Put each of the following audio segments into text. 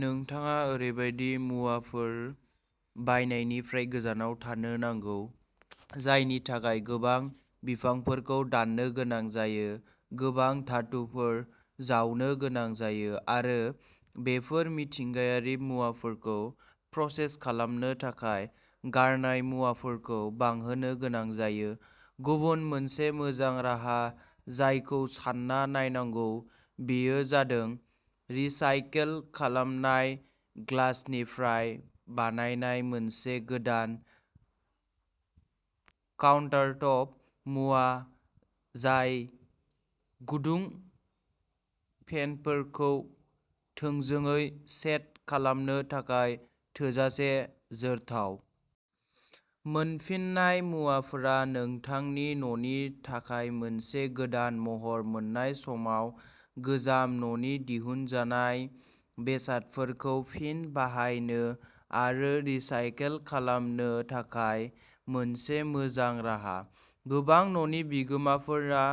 नोंथाङा ओरैबायदि मुवाफोर बायनायनिफ्राय गोजानाव थानो नांगौ जायनि थाखाय गोबां बिफांफोरखौ दाननो गोनां जायो गोबां धातुफोर जावनो गोनां जायो, आरो बेफोर मिथिंगायारि मुवाफोरखौ प्रसेस खालामनो थाखाय गारनाय मुवाफोरखौ बांहोनो गोनां जायो। गुबुन मोनसे मोजां राहा जायखौ सानना नायनांगौ, बेयो जादों रिसाइकेल खालामनाय ग्लासनिफ्राय बानायनाय मोनसे गोदान काउन्टारटप मुवा जाय गुदुं पेनफोरखौ थोंजोङै सेट खालामनो थाखाय थोजासे जोरथाव। मोनफिन्नाय मुवाफोरा नोंथांनि न'नि थाखाय मोनसे गोदान महर मोन्नाय समाव गोजाम न'नि दिहुनजानाय बेसादफोरखौ फिन बाहायनो आरो रिसाइकेल खालामनो थाखाय मोनसे मोजां राहा। गोबां न'नि बिगोमाफोरा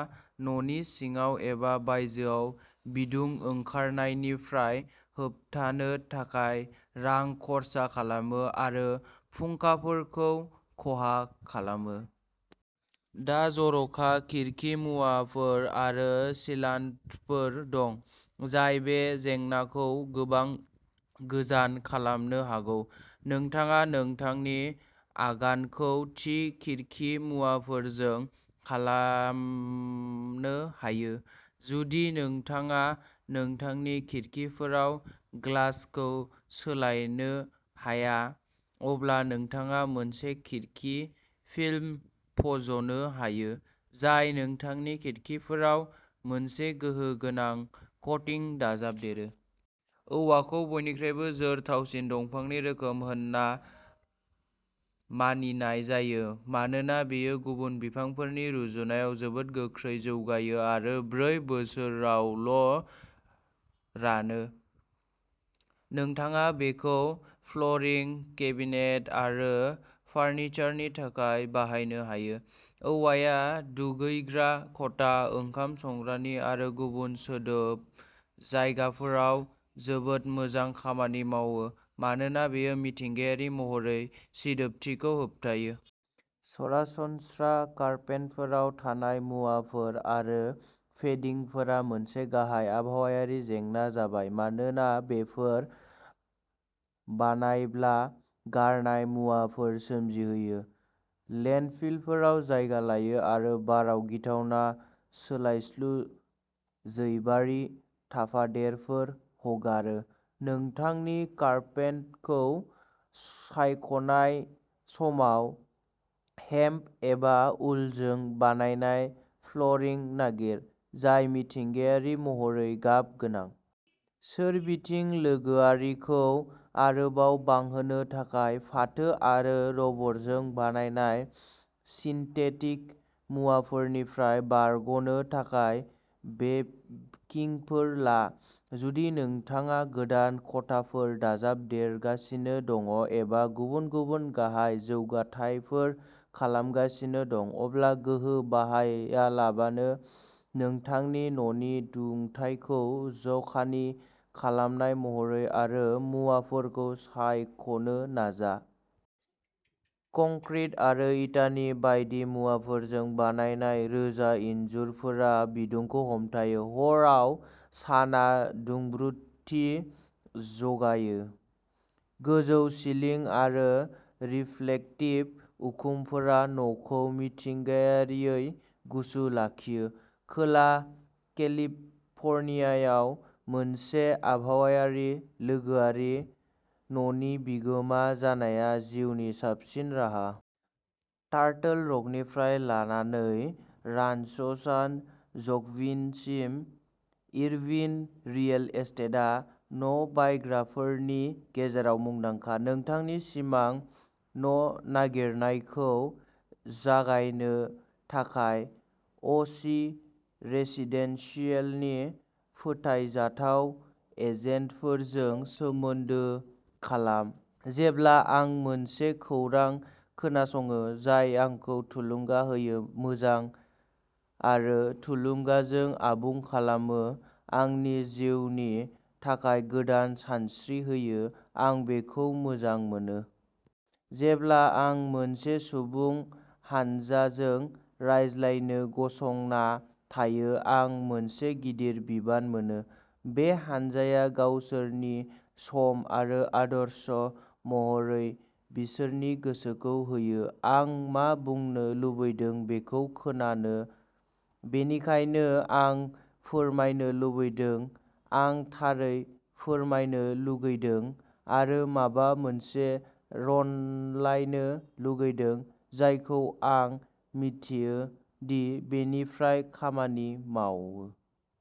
न'नि सिङाव एबा बायजोआव बिदुं ओंखारनायनिफ्राय होबथानो थाखाय रां खरसा खालामो आरो फुंखाफोरखौ खहा खालामो। दा जर'खा खिरखि मुवाफोर आरो सिलान्टफोर दं, जाय बे जेंनाखौ गोबां गोजान खालामनो हागौ। नोंथाङा नोंथांनि आगानखौ थि खिरखि मुवाफोरजों खमायनो हायो। जुदि नोंथाङा नोंथांनि खिरखिफोराव ग्लासखौ सोलायनो हाया अब्ला नोंथाङा मोनसे खिरखि फिल्म फज'नो हायो, जाय नोंथांनि खिरखिफोराव मोनसे गोहो गोनां क'टिं दाजाबदेरो। औवाखौ बयनिख्रुइबो जोरथावसिन दंफांनि रोखोम होनना मानिनाय जायो मानोना बेयो गुबुन बिफांफोरनि रुजुनायाव जोबोद गोख्रै जौगायो आरो ब्रै बोसोरावल'रनो रानो। नोंथाङा बेखौ फ्ल'रिं, केबिनेट आरो फार्निचारनि थाखाय बाहायनो हायो। औवाया दुगैग्रा खथा, ओंखाम संग्रानि आरो गुबुन सिदोब जायगाफोराव जोबोद मोजां खामानि मावो मानोना बेयो मिथिंगायारि महरै सिदोबथिखौ होबथायो। सरासनस्रा कार्पेटफोराव थानाय मुवाफोर आरो पेदिंफोरा मोनसे गाहाय आबहावायारि जेंना जाबाय मानोना बेफोर बानायब्ला गारनाय मुवाफोर सोमजिहोयो, लेन्डफिलफोराव जायगा लायो आरो बाराव गिथावना सोलायस्लु जैबारि थाफादेरफोर हगारो। नोंथांनि कार्पेटखौ सायख'नाय समाव, हेम्प एबा उलजों बानायनाय फ्ल'रिं नागिर जाय मिथिंगायारि महरै गाब गोनां। सोरबिथिं लोगोआरिखौ आरोबाव बांहोनो थाखाय, फाथो आरो रबरजों बानायनाय सिन्थेटिक मुवाफोरनिफ्राय बारग'नो थाखाय बेकिंफोर ला। जुदि नोंथाङा गोदान खथाफोर दाजाबदेरगासिनो दं एबा गुबुन गाहाय जौगाथायफोर खालामगासिनो दं, अब्ला गोहो बाहायालाबानो नोंथांनि न'नि दुंथायखौ जखानि खालामनाय महर आरो मुवाफोरखौ सायख'नो नाजा। कंक्रिट आरो इटानि बायदि मुवाफोरजों बानायनाय रोजा इनजुरफोरा बिदुंखौ हमथायो। हराव सानआ दुंब्रुदथि जगायो। गोजौ सिलिं आरो रिफ्लेक्टिभ उखुमफोरा न'खौ मिथिंगायारियै गुसु लाखियो। खोला केलिफर्नियायाव मोनसे आबहावायारि लोगोआरि न'नि बिगोमा जानाया जिउनि साबसिन राहा। टार्टल रकनिफ्राय लानानै रान्च'सान ज'क्विनसिम, इरविन रियेल एस्टेटआ न'बायग्राफोरनि गेजेराव मुंदांखा। नोंथांनि सिमां न'नागिरनायखौ जागायनो थाखाय अ चि रेसिडेन्सियेलनि फोथायजाथाव एजेन्टफोरजों सोमोन्दो खालाम। जेब्ला आं मोनसे खौरां खोनासङो जाय आंखौ थुलुंगा होयो मिजिं आरो थुलुंगाजों आबुं खालामो आंनि जिउनि थाखाय गोदान सानस्रि होयो, आं बेखौ मोजां मोनो! जेब्ला आं मोनसे सुबुं हानजाजों रायज्लायनो गसंना थायो, आं मोनसे गिदिर बिबान मोनो। बे हानजाया गावसोरनि सम आरो आदर्श महरै बिसोरनि गोसोखौ होयो आं मा बुंनो लुबैदों बेखौ खोनानो। बेनिखायनो आं फोरमायनो लुबैदों आं थारै फोरमायनो लुगैदों आरो माबा मोनसे रानलायनो लुगैदों जायखौ आं मिन्थियो दि बेनिफ्राय खामानि मावो।